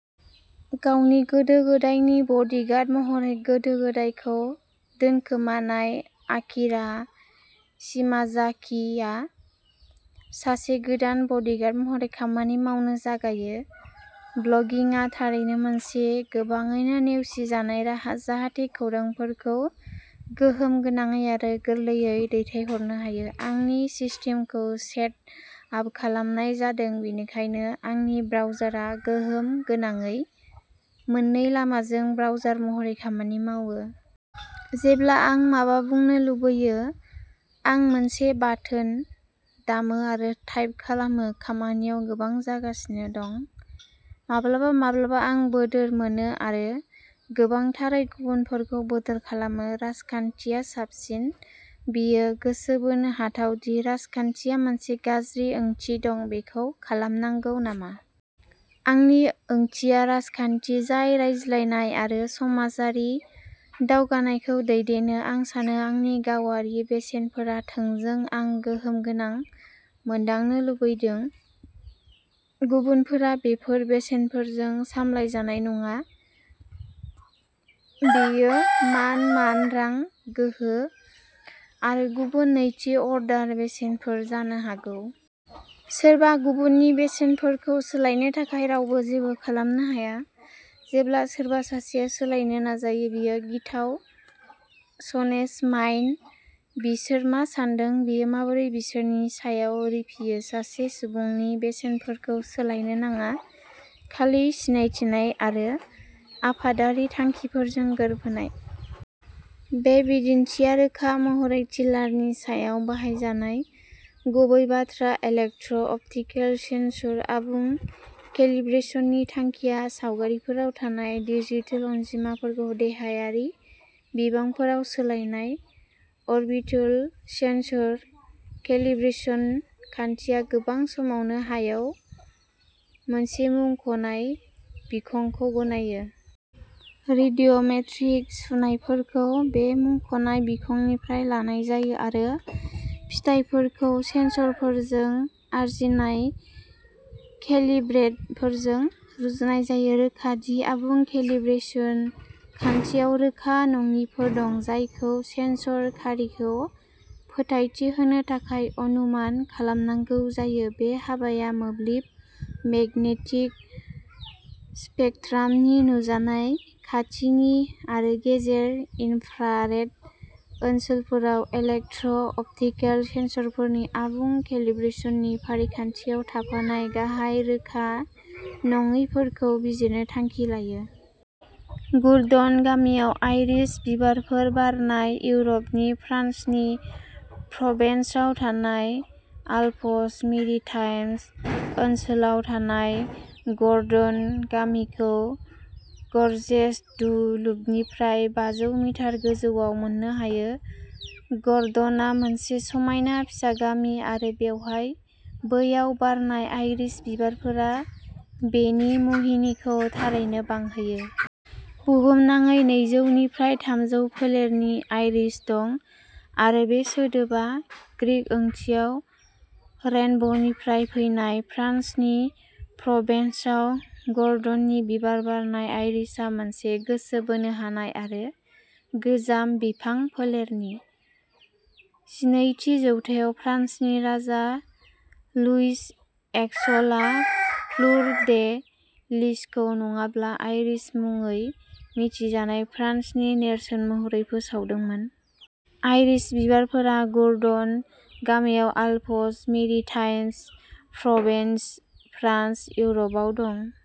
गावनि गोदो गोदायनि बडिगार्ड महरै गोदो गोदायखौ दोनखोमानाय आकिरा शिमाजाकिआ सासे गोदान बडिगार्ड महरै खामानि मावनो जागायो। ब्लगिंआ थारैनो मोनसे गोबाङैनो नेवसिनाय राहा जाहाथे खौरांफोरखौ गोहोम गोनाङै आरो गोरलैयै दैथायहरनो हायो। आंनि सिस्टेमखौ सेट आप खालामनाय जादों बेनिखायनो आंनि ब्राउजारआ गोहोम गोनाङै मोननै लामाजों ब्राउजार महरै खामानि मावो। जेब्ला आं माबा बुंनो लुबैयो आं मोनसे बाटोन दामो आरो टाइप खालामो खामानियाव गोबां जागासिनो दं। माब्लाबा माब्लाबा आं बोदोर मोनो आरो गोबांथारै गुबुनफोरखौ बोदोर खालामो राजखान्थिया साबसिन। बेयो गोसो बोनो हाथाव दि राजखान्थिया मोनसे गाज्रि ओंथि दं बेखौ खालामनांगौ नामा? आंनि ओंथिया राजखान्थि जाय रायज्लायनाय आरो समाजारि दावगानायखौ दैदेनो आं सानो आंनि गावारि बेसेनफोरा थोंजों आं गोहोम गोनां मोनदांनो लुबैदों। गुबुनफोरा बेफोर बेसेनफोरजों सालायजानाय नङा बेयो मान मान रां गोहो आरो गुबुन नैथि अर्डार बेसेनफोर जानो हागौ। सोरबा गुबुननि बेसेनफोरखौ सोलायनो थाखाय रावबो जेबो खालामनो हाया। जेब्ला सोरबा सासेया सोलायनो नाजायो बेयो गिथाव चनेज माइन बिसोर मा सान्दों? बेयो माबोरै बिसोरनि सायाव रिफियो सासे सुबुंनि बेसेनफोरखौ सोलायनो नाङा खालि सिनायथिनाय आरो आफादारि थांखिफोरजों गोरोबहोनाय। बे बिदिन्थिआ रोखा महरै टिलारनि सायाव बाहायजानाय। गुबै बाथ्रा इलेक्ट्र अप्टिकेल सेनसर आबुं केलिब्रेशननि थांखिया सावगारिफोराव थानाय डिजिटेल अनजिमाफोरखौ देहायारि बिबांफोराव सोलायनाय। अरबिटल सेनसर केलिब्रेशन खान्थिया गोबां समावनो हायाव मोनसे मुंख'नाय बिखंखौ गनायो। रेडिय'मेट्रिक सुनायफोरखौ बे मुंख'नाय बिखंनिफ्राय लानाय जायो आरो फिथायफोरखौ सेनसरफोरजों आरजिनाय केलिब्रेटफोरजों रुजुनाय जायो। रोखा दि आबुं केलिब्रेशन खान्थियाव रोखा नङिफोर दं जायखौ सेनसर खारिखौ फोथायथि होनो थाखाय अनुमान खालामनांगौ जायो। बे हाबाया मोब्लिब मेगनेटिक स्पेकट्रामनि नुजानाय खाथिनि आरो गेजेर इन्फ्रारेड ओनसोलफोराव इलेक्ट्र अप्टिकेल सेनसरफोरनि आबुं केलिब्रेशननि फारिखान्थियाव थाफानाय गाहाय रोखा नङैफोरखौ बिजिरनो थांखि लायो। गुरडन गामियाव आइरिस बिबारफोर बारनाय इउरपनि फ्रान्सनि प्रभेन्सआव थानाय आल्प्स मेरिटाइम्स ओनसोलाव थानाय गौरडन गामिखौ गर्जेस डु लुपनिफ्राय बाजौ मिटार गोजौआव मोननो हायो। गौरडनआ मोनसे समायना फिसा गामि आरो बेवहाय बैयाव बारनाय आइरिस बिबारफोरा बेनि मुहिनिखौ थारैनो बांहोयो। बुहुमनाङै नैजौ निफ्राय थामजौ फोलेरनि आइरिस दं आरो बे सोदोबा ग्रीक ओंथिया रेइनबनिफ्राय फैनाय फ्रान्सनि प्रभेन्सआव गौरडननि बिबार बारनाय आइरिसआ मोनसे गोसो बोनो हानाय आरो गोजाम बिफां फोलेरनि। जिनैथि जौथायाव फ्रान्सनि राजा लुइस एक्सलआ फ्लुर डे लिसखौ नङाब्ला आइरिस मुङै मिथिजानाय फ्रान्सनि नेरसोन महरै फोसावदोंमोन। आइरिस बिबारफोरा गुरडन गामियाव आल्प्स मेरिटाइम्स प्रभेन्स फ्रान्स इउर'पआव दं।